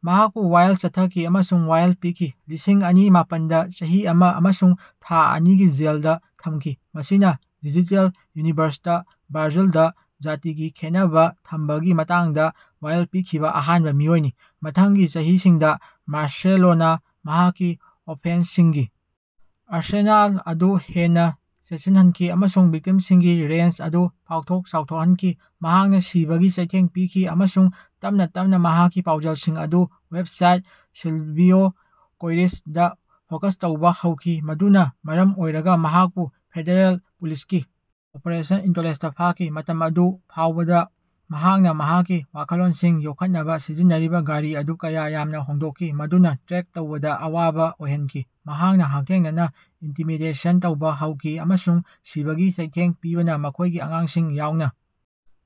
ꯃꯍꯥꯛꯄꯨ ꯋꯥꯌꯦꯜ ꯆꯠꯊꯈꯤ ꯑꯃꯁꯨꯡ ꯋꯥꯌꯦꯜ ꯄꯤꯈꯤ ꯂꯤꯁꯤꯡ ꯑꯅꯤ ꯃꯥꯄꯟꯗ ꯆꯍꯤ ꯑꯃꯥ ꯑꯃꯁꯨꯡ ꯊꯥ ꯑꯅꯤꯒꯤ ꯖꯦꯜꯗꯥ ꯊꯃꯈꯤ ꯃꯁꯤꯅꯥ ꯗꯤꯖꯤꯇꯦꯜ ꯌꯨꯅꯤꯚꯔꯁꯇꯥ ꯕ꯭ꯔꯥꯖꯤꯂꯗꯥ ꯖꯥꯇꯤꯒꯤ ꯈꯦꯟꯅꯕꯥ ꯊꯝꯕꯒꯤ ꯃꯇꯥꯡꯗꯥ ꯋꯥꯌꯦꯜ ꯄꯤꯈꯤꯕꯥ ꯑꯍꯥꯟꯕꯥ ꯃꯤꯑꯣꯏꯅꯤ꯫ ꯃꯊꯪꯒꯤ ꯆꯍꯤꯁꯤꯡꯗꯥ ꯃꯥꯔꯁꯦꯂꯣꯅꯥ ꯃꯍꯥꯛꯀꯤ ꯑꯣꯐꯦꯟꯁꯁꯤꯡꯒꯤ ꯑꯥꯔꯁꯦꯅꯥꯜ ꯑꯗꯨ ꯍꯦꯟꯅꯥ ꯆꯦꯠꯁꯤꯜꯍꯟꯈꯤ ꯑꯃꯁꯨꯡ ꯚꯤꯛꯇꯤꯝꯁꯤꯡꯒꯤ ꯔꯦꯟꯖ ꯑꯗꯨ ꯄꯥꯛꯊꯣꯛ ꯆꯥꯎꯊꯣꯛꯍꯟꯈꯤ꯫ ꯃꯍꯥꯛꯅꯥ ꯁꯤꯕꯒꯤ ꯆꯩꯊꯦꯡ ꯄꯤꯈꯤ ꯑꯃꯁꯨꯡ ꯇꯞꯅꯥ ꯇꯞꯅꯥ ꯃꯍꯥꯛꯀꯤ ꯄꯥꯎꯖꯦꯜꯁꯤꯡ ꯑꯗꯨ ꯋꯦꯕꯁꯥꯏꯠ ꯁꯤꯜꯚꯤꯑꯣ ꯀꯣꯏꯔꯤꯆ ꯗꯥ ꯐꯣꯀꯁ ꯇꯧꯕꯥ ꯍꯧꯈꯤ ꯃꯗꯨꯅꯥ ꯃꯔꯝ ꯑꯣꯏꯔꯒꯥ ꯃꯍꯥꯛꯄꯨ ꯐꯦꯗꯔꯦꯜ ꯄꯨꯂꯤꯁꯀꯤ ꯑꯣꯄꯔꯦꯁꯟ ꯏꯟꯇꯣꯂꯦꯟꯁꯇꯥ ꯐꯥꯈꯤ꯫ ꯃꯇꯝ ꯑꯗꯨ ꯐꯥꯎꯕꯗꯥ ꯃꯍꯥꯛꯅꯥ ꯃꯍꯥꯛꯀꯤ ꯋꯥꯈꯜꯂꯣꯟꯁꯤꯡ ꯌꯣꯛꯈꯠꯅꯕꯥ ꯁꯤꯖꯤꯟꯅꯔꯤꯕꯥ ꯒꯥꯔꯤ ꯑꯗꯨ ꯀꯌꯥ ꯌꯥꯝꯅꯥ ꯍꯣꯡꯗꯣꯛꯈꯤ ꯃꯗꯨꯅꯥ ꯇ꯭ꯔꯦꯛ ꯇꯧꯕꯗꯥ ꯑꯋꯥꯕꯥ ꯑꯣꯏꯍꯟꯈꯤ꯫ ꯃꯍꯥꯛꯅꯥ ꯍꯛꯊꯦꯡꯅꯅꯥ ꯏꯟꯇꯤꯃꯤꯗꯦꯁꯟ ꯇꯧꯕꯥ ꯍꯧꯈꯤ ꯑꯃꯁꯨꯡ ꯁꯤꯕꯒꯤ ꯆꯩꯊꯦꯡ ꯄꯤꯕꯅꯥ ꯃꯈꯣꯏꯒꯤ ꯑꯉꯥꯡꯁꯤꯡ ꯌꯥꯎꯅꯥ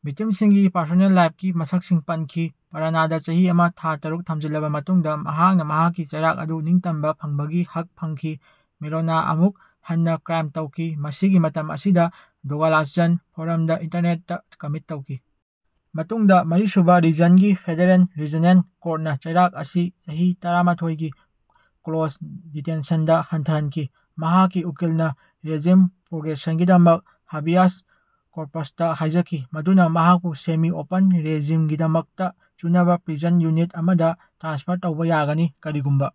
ꯚꯤꯛꯇꯤꯝꯁꯤꯡꯒꯤ ꯄꯔꯁꯣꯅꯦꯜ ꯂꯥꯏꯐꯀꯤ ꯃꯁꯛꯁꯤꯡ ꯄꯟꯈꯤ꯫ ꯄꯥꯔꯥꯅꯥꯗꯥ ꯆꯍꯤ ꯑꯃꯥ ꯊꯥ ꯇꯔꯨꯛ ꯊꯝꯖꯤꯜꯂꯕꯥ ꯃꯇꯨꯡꯗꯥ ꯃꯍꯥꯛꯅꯥ ꯃꯍꯥꯛꯀꯤ ꯆꯩꯔꯥꯛ ꯑꯗꯨ ꯅꯤꯡꯇꯝꯕꯥ ꯐꯪꯕꯒꯤ ꯍꯛ ꯐꯪꯈꯤ꯫ ꯃꯦꯂꯣꯅꯥ ꯑꯃꯨꯛ ꯍꯟꯅꯥ ꯀ꯭ꯔꯥꯏꯝ ꯇꯧꯈꯤ ꯃꯁꯤꯒꯤ ꯃꯇꯝ ꯑꯁꯤꯗꯥ ꯗꯣꯒꯣꯂꯥꯆꯟ ꯐꯣꯔꯝꯗꯥ ꯏꯟꯇꯔꯅꯦꯠꯇꯥ ꯀꯃꯤꯠ ꯇꯧꯈꯤ꯫ ꯃꯇꯨꯡꯗꯥ ꯃꯔꯤꯁꯨꯕꯥ ꯔꯤꯖꯟꯒꯤ ꯐꯦꯗꯔꯦꯜ ꯔꯤꯖꯅꯦꯜ ꯀꯣꯔꯠꯅꯥ ꯆꯩꯔꯥꯛ ꯑꯁꯤ ꯆꯍꯤ ꯇꯔꯥꯃꯥꯊꯣꯏꯒꯤ ꯀ꯭ꯂꯣꯖ ꯗꯤꯇꯦꯟꯁꯟꯗꯥ ꯍꯟꯊꯍꯟꯈꯤ꯫ ꯃꯍꯥꯛꯀꯤ ꯎꯀꯤꯜꯅꯥ ꯔꯦꯖꯤꯝ ꯄ꯭ꯔꯣꯒ꯭ꯔꯦꯁꯟꯒꯤꯗꯃꯛ ꯍꯕꯤꯌꯥꯁ ꯀꯣꯔꯄꯁꯇꯥ ꯍꯥꯏꯖꯈꯤ ꯃꯗꯨꯅꯥ ꯃꯍꯥꯛꯄꯨ ꯁꯦꯃꯤ ꯑꯣꯄꯟ ꯔꯦꯖꯤꯝꯒꯤꯗꯃꯛꯇꯥ ꯆꯨꯅꯕꯥ ꯄ꯭ꯔꯤꯖꯟ ꯌꯨꯅꯤꯠ ꯑꯃꯗꯥ ꯇ꯭ꯔꯥꯟꯁꯐꯔ ꯇꯧꯕꯥ ꯌꯥꯒꯅꯤ꯫ ꯀꯔꯤꯒꯨꯝꯕꯥ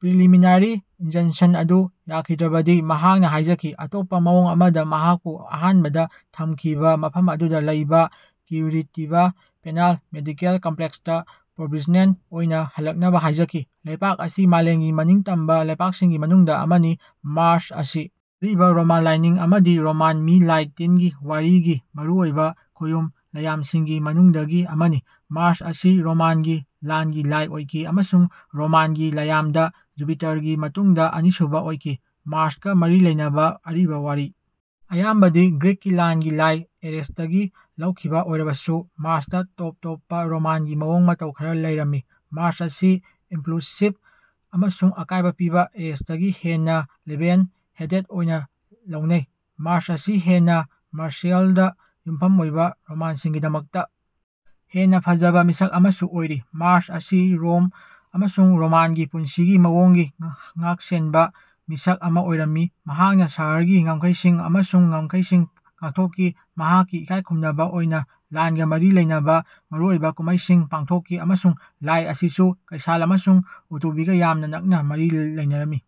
ꯄ꯭ꯔꯤꯂꯤꯃꯤꯅꯥꯔꯤ ꯏꯟꯖꯟꯁꯟ ꯑꯗꯨ ꯌꯥꯈꯤꯗ꯭ꯔꯕꯗꯤ ꯃꯍꯥꯛꯅꯥ ꯍꯥꯏꯖꯈꯤ ꯑꯇꯣꯞꯄꯥ ꯃꯑꯣꯡ ꯑꯃꯗꯥ ꯃꯍꯥꯛꯄꯨ ꯑꯍꯥꯟꯕꯗꯥ ꯊꯝꯈꯤꯕꯥ ꯃꯐꯝ ꯑꯗꯨꯗꯥ ꯂꯩꯕꯥ ꯀ꯭ꯌꯨꯔꯤꯇꯤꯕꯥ ꯄꯦꯅꯥꯜ ꯃꯦꯗꯤꯀꯦꯜ ꯀꯝꯄ꯭ꯂꯦꯛꯁꯇꯥ ꯄ꯭ꯔꯣꯕꯤꯖꯅꯦꯜ ꯑꯣꯏꯅꯥ ꯍꯜꯂꯛꯅꯕꯥ ꯍꯥꯏꯖꯈꯤ꯫ ꯂꯩꯄꯥꯛ ꯑꯁꯤ ꯃꯥꯂꯦꯝꯒꯤ ꯃꯅꯤꯡ ꯇꯝꯕ ꯂꯩꯄꯥꯛꯁꯤꯡꯒꯤ ꯃꯅꯨꯡꯗ ꯑꯃꯅꯤ꯫ ꯃꯥꯔ꯭ꯁ ꯑꯁꯤ ꯑꯔꯤꯕ ꯔꯣꯃꯥꯟ ꯂꯥꯢꯅꯤꯡ ꯑꯃꯗꯤ ꯔꯣꯃꯥꯟ ꯃꯤ ꯂꯥꯢ ꯇꯤꯟꯒꯤ ꯋꯥꯔꯤꯒꯤ ꯃꯔꯨ ꯑꯣꯢꯕ ꯈꯣꯌꯨꯝ ꯂꯥꯢꯌꯥꯝꯁꯤꯡꯒꯤ ꯃꯅꯨꯡꯗꯒꯤ ꯑꯃꯅꯤ꯫ ꯃꯥꯔ꯭ꯁ ꯑꯁꯤ ꯔꯣꯃꯥꯟꯒꯤ ꯂꯥꯟꯒꯤ ꯂꯥꯏ ꯑꯣꯏꯈꯤ ꯑꯃꯁꯨꯡ ꯔꯣꯃꯥꯟꯒꯤ ꯂꯥꯏꯌꯥꯝꯗ ꯖꯨꯄꯤꯇꯔꯒꯤ ꯃꯇꯨꯡꯗ ꯑꯅꯤꯁꯨꯕ ꯑꯣꯏꯈꯤ꯫ ꯃꯥꯔ꯭ꯁꯀ ꯃꯔꯤ ꯂꯩꯅꯕ ꯑꯔꯤꯕ ꯋꯥꯔꯤ ꯑꯌꯥꯝꯕꯗꯤ ꯒ꯭ꯔꯤꯛꯀꯤ ꯂꯥꯟꯒꯤ ꯂꯥꯏ ꯑꯦꯔꯦꯁꯇꯒꯤ ꯂꯧꯈꯤꯕ ꯑꯣꯏꯔꯕꯁꯨ ꯃꯥꯔ꯭ꯁꯇ ꯇꯣꯞ-ꯇꯣꯞꯄ ꯔꯣꯃꯥꯟꯒꯤ ꯃꯑꯣꯡ ꯃꯇꯧ ꯈꯔ ꯂꯩꯔꯝꯃꯤ꯫ ꯃꯥꯔ꯭ꯁ ꯑꯁꯤ ꯏꯝꯄ꯭ꯂꯨꯁꯤꯕ ꯑꯃꯁꯨꯡ ꯑꯀꯥꯏꯕ ꯄꯤꯕ ꯑꯦꯔꯦꯁꯇꯒꯤ ꯍꯦꯟꯅ ꯂꯦꯚꯦꯜ ꯍꯦꯗꯦꯗ ꯑꯣꯏꯅ ꯂꯧꯅꯩ꯫ ꯃꯥꯔ꯭ꯁ ꯑꯁꯤ ꯍꯦꯟꯅ ꯃꯥꯔꯁꯤꯌꯦꯜꯗ ꯌꯨꯝꯐꯝ ꯑꯣꯏꯕ ꯔꯣꯃꯥꯟꯁꯤꯡꯒꯤꯗꯃꯛꯇ ꯍꯦꯟꯅ ꯐꯖꯕ ꯃꯤꯁꯛ ꯑꯃꯁꯨ ꯑꯣꯏꯔꯤ꯫ ꯃꯥꯔ꯭ꯁ ꯑꯁꯤ ꯔꯣꯝ ꯑꯃꯁꯨꯡ ꯔꯣꯃꯥꯟꯒꯤ ꯄꯨꯟꯁꯤꯒꯤ ꯃꯑꯣꯡꯒꯤ ꯉꯥꯛꯁꯦꯟꯕ ꯃꯤꯁꯛ ꯑꯃ ꯑꯣꯏꯔꯝꯃꯤ꯫ ꯃꯍꯥꯛꯅ ꯁꯍꯔꯒꯤ ꯉꯝꯈꯩꯁꯤꯡ ꯑꯃꯁꯨꯡ ꯉꯝꯈꯩꯁꯤꯡ ꯉꯥꯛꯊꯣꯛꯈꯤ꯫ ꯃꯍꯥꯛꯀꯤ ꯏꯀꯥꯏꯈꯨꯝꯅꯕ ꯑꯣꯏꯅ ꯂꯥꯟꯒ ꯃꯔꯤ ꯂꯩꯅꯕ ꯃꯔꯨꯑꯣꯏꯕ ꯀꯨꯝꯍꯩꯁꯤꯡ ꯄꯥꯡꯊꯣꯛꯈꯤ ꯑꯃꯁꯨꯡ ꯂꯥꯏ ꯑꯁꯤꯁꯨ ꯀꯩꯁꯥꯜ ꯑꯃꯁꯨꯡ ꯎꯇꯨꯕꯤꯒ ꯌꯥꯝꯅ ꯅꯛꯅ ꯃꯔꯤ ꯂꯩꯅꯔꯝꯃꯤ꯫